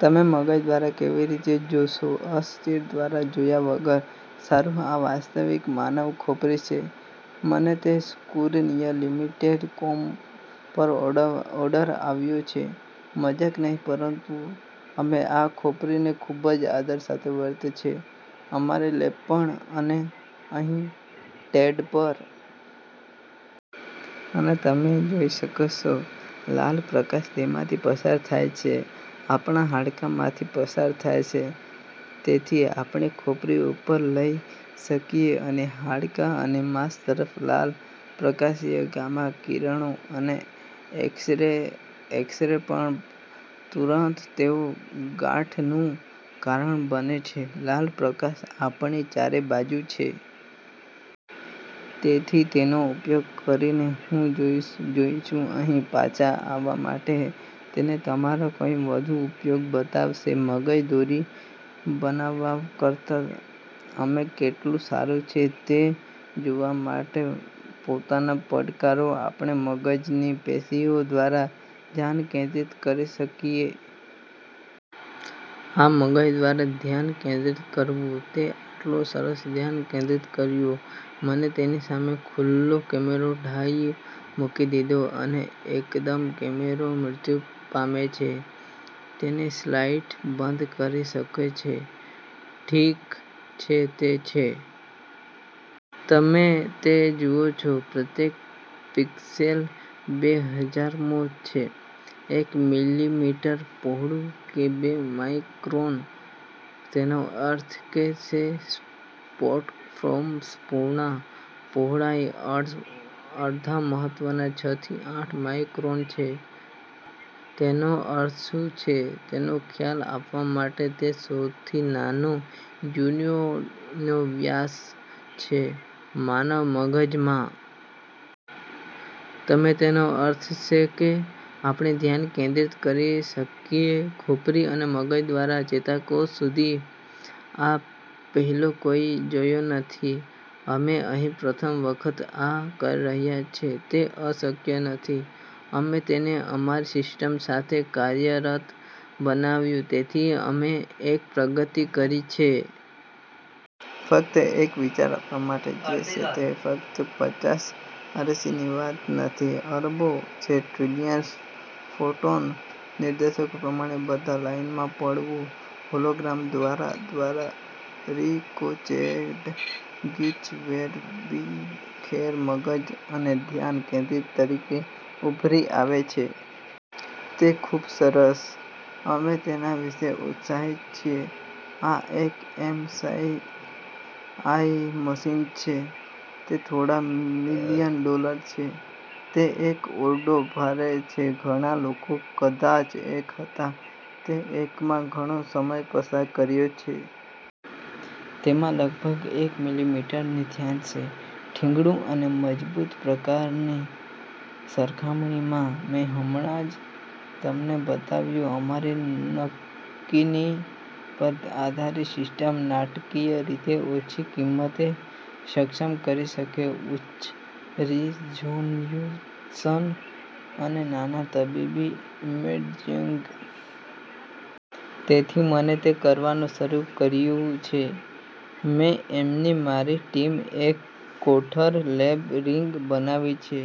તમે મગજ દ્વારા કેવી રીતે જોશો અસ્થિ દ્વારા જોયા વગર? " સારું, આ વાસ્તવિક માનવ ખોપરી છે. અમે તેને સ્કલસુનલીમીટેડ. કોમ પર ઓર્ડર આપ્યો છે. મજાક નહિ. પરંતુ અમે આ ખોપરીને ખૂબ આદર સાથે વર્તે છે અમારી લેબ પર અને અહીં ટેડ પર. અને તમે જોઈ શકો છો, લાલ પ્રકાશ તેમાંથી પસાર થાય છે. આપણા હાડકાંમાંથી પસાર થાય છે. તેથી આપણે ખોપરી ઉપર જઈ શકીએ અને હાડકાં અને માંસ ફક્ત લાલ પ્રકાશથી. ગામા કિરણો અને એક્સ-રે પણ, પરંતુ તેઓ ગાંઠનું કારણ બને છે લાલ પ્રકાશ આપણી ચારે બાજુ છે. તેથી, તેનો ઉપયોગ કરીને, હું જાઉં છું અહીં પાછા આવવા માટે અને તમને કંઈક વધુ ઉપયોગી બતાવશે મગજ દોરી બનાવવા કરતાં અમે કેટલું સારું છે તે જોવા જોવા માટે પોતાને પડકાર્યો આપણે મગજની પેશીઓ દ્વારા ધ્યાન કેન્દ્રિત કરી શકીએ. આ મગજ દ્વારા ધ્યાન કેન્દ્રિત કરવું, તે આટલું સરસ ધ્યાન કેન્દ્રિત કર્યું, અમે તેનીસામે એક ખુલ્લો કેમેરો ડાઇ મૂકી દીધો. અને એકદમ કેમેરો મૃત્યુ પામે છે. તમે સ્પોટલાઇટ બંધ કરી શકો છો? ઠીક છે, તે છે. તમે તે જુઓ છો? પ્રત્યેક પિક્સેલ બે-હજારમો છે એક મીલીમીટર પહોળું. બે માઇક્રોન. તેનો અર્થ તે છે કે સ્પોટ ફોકસ પૂર્ણ પહોળાઈ અડધા મહત્તમ છ થી આઠ માઇક્રોન છે. તેનો અર્થ શું છે તેનો ખ્યાલ આપવા માટે: તે સૌથી નાના ન્યુરોનનો વ્યાસ છે માનવ મગજમાં. તેથી તેનો અર્થ એ કે આપણે ધ્યાન કેન્દ્રિત કરી શકીએ ખોપરી અને મગજદ્વારા ચેતાકોષ સુધી. આ પહેલાં કોઈએ જોયું નથી, અમે અહીં પ્રથમ વખત આ કરી રહ્યા છીએ. તે અશક્ય નથી. અમે તેને અમારી સિસ્ટમ સાથે કાર્યરત બનાવ્યું, તેથી અમે એક પ્રગતિ કરી છે. ફક્ત એક વિચાર આપવા માટે જેમ કે, તે ફક્ત પચાસ આરસની વાત નથી. તે અબજો છે, ટ્રિલિયન ફોટોન, નિર્દેશ પ્રમાણે બધા લાઇનમાં પડવું હોલોગ્રામ દ્વારા, દ્વારા રિકોચેટ ગીચ વેરવિખેર મગજ, અને ધ્યાન કેન્દ્રિત તરીકે ઉભરી આવે છે. તે ખૂબ સરસ છે. અમે તેના વિશે ઉત્સાહિત છીએ. આ એક એમઆરઆઈ મશીન છે. તે થોડા મિલિયન ડોલર છે, તે એક ઓરડો ભરે છે, ઘણા લોકો કદાચ એક હતા. મેં એકમાં ઘણો સમય પસાર કર્યો છે. તેમાં લગભગ એક મીલીમીટરનું ધ્યાન છે ઠીંગણું અને મજબૂત પ્રકારની, સરખામણીમાં મેં હમણાં જ તમને બતાવ્યું અમારી તકનીકી પર આધારિત સિસ્ટમ નાટકીય રીતે ઓછી કિંમતને સક્ષમ કરી શકશે, ઉચ્ચ રીઝોલ્યુશન અને નાના તબીબી ઇમેજિંગ. તેથી અમે તે કરવાનું શરૂ કર્યું છે મેં અને મારી ટીમે એક કઠોર, લેબ રિગ બનાવી છે